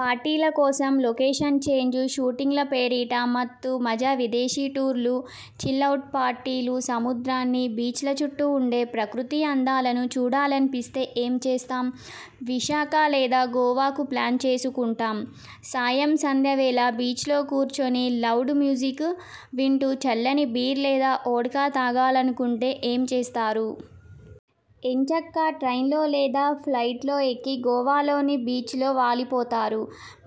పార్టీల కోసం 'లొకేషన్ చేంజ్'షూటింగ్ల పేరిట మత్తు.. మజా విదేశీ టూర్లు.. చిల్ అవుట్ పార్టీలు సముద్రాన్ని, బీచ్ల చుట్టూ ఉండే ప్రకృతి అందాలను చూడాలనిపిస్తే ఏం చేస్తాం? విశాఖ లేదా గోవాకు ప్లాన్ చేసుకుంటాం. సాయం సంధ్య వేళ బీచ్లో కూర్చొని లౌడ్ మ్యూజిక్ వింటూ చల్లని బీర్ లేదా వోడ్కా తాగాలనుకుంటే ఏం చేస్తారు? ఎంచక్కా ట్రైనో లేదా ఫ్లయిటో ఎక్కి గోవాలోని బీచ్ లో వాలిపోతారు.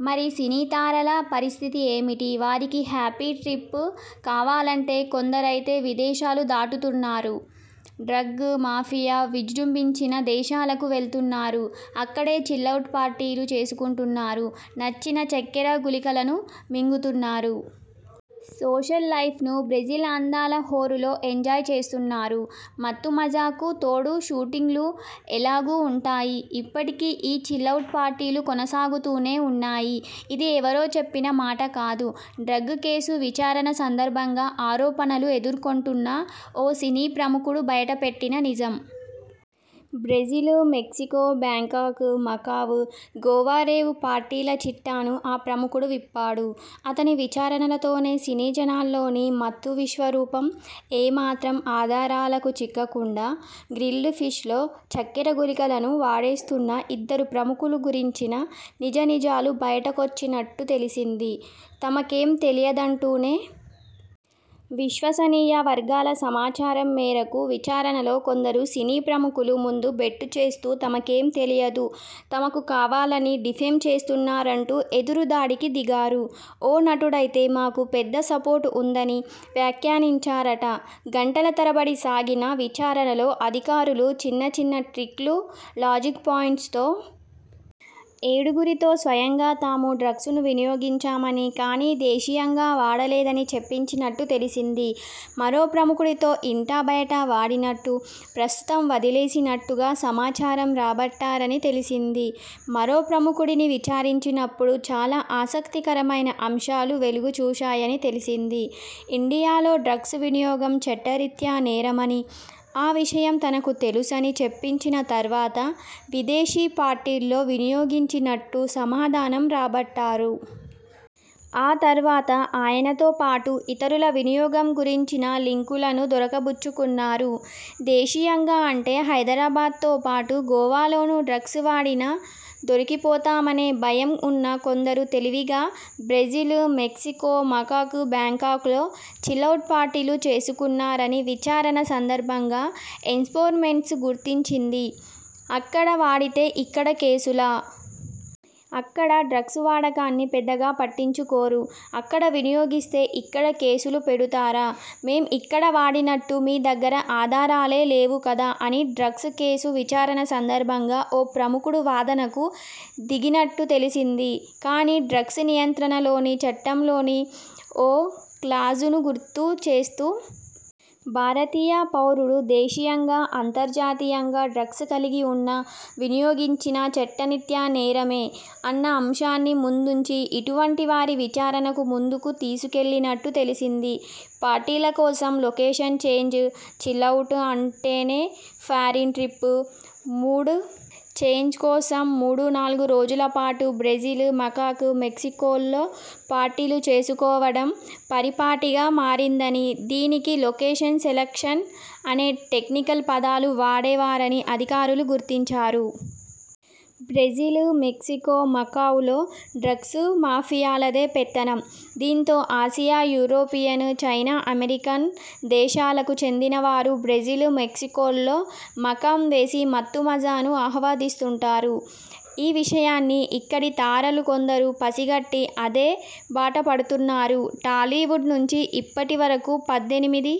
మరి సినీతారల పరిస్థితి ఏమిటి? వారికి హ్యాపీ ట్రిప్ కావాలంటే? కొందరైతే దేశాలు దాటుతున్నారు. డ్రగ్స్ మాఫియా విజృంభించిన దేశాలకు వెళ్తున్నారు. అక్కడే చిల్ అవుట్ పార్టీలు చేసుకుంటున్నారు. నచ్చిన చక్కెర గుళికలను మింగుతున్నారు. సోషల్ లైఫ్ ను బ్రెజిల్ అందాల హోరులో ఎంజాయ్ చేస్తున్నారు. మత్తుమజాకు తోడు షూటింగ్లు ఎలాగూ ఉంటాయి.. ఇప్పటికీ ఈ చిల్ అవుట్ పార్టీలు కొనసాగుతూనే ఉన్నాయి. ఇది ఎవరో చెప్పిన మాట కాదు. డ్రగ్స్ కేసు విచారణ సందర్భంగా.. ఆరోపణలు ఎదుర్కొంటున్న ఓ సినీ ప్రముఖుడు బయటపెట్టిన నిజం. Brazil, Mexico, Bangkok, Macau, Goa rave పార్టీల చిట్టాను ఆ ప్రముఖుడు విప్పాడు. అతని విచారణతోనే సినీ జనాల్లోని మత్తు విశ్వరూపం, ఏ మాత్రం ఆధారాలకు చిక్కకుండా గ్రిల్డ్ ఫిష్లో చక్కెర గుళికలను వాడేస్తున్న ఇద్దరు ప్రముఖుల గురించిన నిజానిజాలు బయటకొచ్చినట్టు తెలిసింది. తమకేం తెలియదంటూనే.. విశ్వసనీయ వర్గాల సమాచారం మేరకు.. విచారణలో కొందరు సినీ ప్రముఖులు ముందు బెట్టూ చేస్తూ తమకేం తెలియదు, తమను కావాలని డీఫేమ్ చేస్తున్నారంటూ ఎదురుదాడికి దిగారు. ఓ నటుడయితే 'మాకూ పెద్ద సపోర్ట్ ఉంద'ని వ్యాఖ్యానించారట. గంటల తరబడి సాగిన విచారణలో అధికారులు చిన్న చిన్న ట్రిక్లు, లాజిక్ పాయింట్స్తో.. ఏడుగురితో స్వయంగా తాము డ్రగ్స్ ను వినియోగించామని, కానీ దేశీయంగా వాడలేదని చెప్పించినట్టు తెలిసింది. మరో ప్రముఖుడి తో ఇంటా బయట వాడినట్టు, ప్రస్తుతం వదిలేసినట్టుగా సమాచారం రాబట్టారని తెలిసింది. మరో ప్రముఖడిని విచారించినప్పుడు చాలా ఆసక్తికరమైన అంశాలు వెలుగుచూశాయని తెలిసింది. ఇండియాలో డ్రగ్స్ వినియోగం చట్టరీత్యా నేరమని, ఆ విషయం తనకు తెలుసని చెప్పించిన తర్వాత విదేశీ పార్టీల్లో వినియోగించినట్టు సమాధానం రాబట్టారు. ఆ తర్వాత ఆయనతోపాటు ఇతరుల వినియోగం గురించిన లింకులను దొరకబుచ్చుకున్నారు. దేశీయంగా అంటే హైదరాబాద్తో పాటు గోవాలోనూ డ్రగ్స్ వాడినా దొరికిపోతామనే భయం ఉన్న కొందరు తెలివిగా బ్రెజిల్, మెక్సికో, మకావ్, బ్యాంకాక్ల్లో చిల్ అవుట్ పార్టీలు చేసుకున్నారని విచారణ సందర్భంగా ఎన్ఫోర్స్మెంట్ గుర్తించింది. అక్కడ వాడితే ఇక్కడ కేసులా? '' అక్కడ డ్రగ్స్ వాడకాన్ని పెద్దగా పట్టించుకోరు. అక్కడ వినియోగిస్తే ఇక్కడ కేసులు పెడుతారా? మేం ఇక్కడ వాడినట్టు మీ దగ్గర ఆధారాలే లేవు కదా'' అని డ్రగ్స్ కేసు విచారణ సందర్భంగా ఓ ప్రముఖుడు వాదనకు దిగినట్టు తెలిసింది. కానీ.. డ్రగ్స్ నియంత్రణలోని చట్టంలోని ఓ క్లాజును గుర్తుచేస్తూ.. ''భారతీయ పౌరుడు దేశీయంగా, అంతర్జాతీయంగా డ్రగ్స్ కలిగి ఉన్నా, వినియోగించినా చట్టరీత్యా నేరమే'' అన్న అంశాన్ని ముందుంచి ఇటువంటి వారి విచారణను ముందుకు తీసుకెళ్లినట్టు తెలిసింది. పార్టీల కోసం 'లొకేషన్ చేంజ్'చిల్ అవుట్ అంటేనే ఫారిన్ ట్రిప్. మూడ్ చేంజ్కోసం మూడునాలుగు రోజుల పాటు బ్రెజిల్, మకావ్, మెక్సికోల్లో పార్టీలు చేసుకోవడం పరిపాటిగా మారిందని, దీనికి లొకేషన్ సెలక్షన్ అనే టెక్నికల్ పదాలు వాడేవారని అధికారులు గుర్తించారు. బ్రెజిల్, మెక్సికో, మకావ్ లో డ్రగ్స్ మాఫియాలదే పెత్తనం. దీంతో ఆసియా, యూరోపియన్, చైనా, అమెరికన్ దే శాలకు చెందిన వారు బ్రెజిల్, మెక్సికోల్లో మకాం వేసి మత్తు మజాను ఆస్వాదిస్తుంటారు. ఈ విషయాన్ని ఇక్కడి తారలు కొందరు పసిగట్టి అదే బాటపడుతున్నారు. టాలీవుడ్ నుంచి ఇప్పటి వరకు పద్దెనిమిది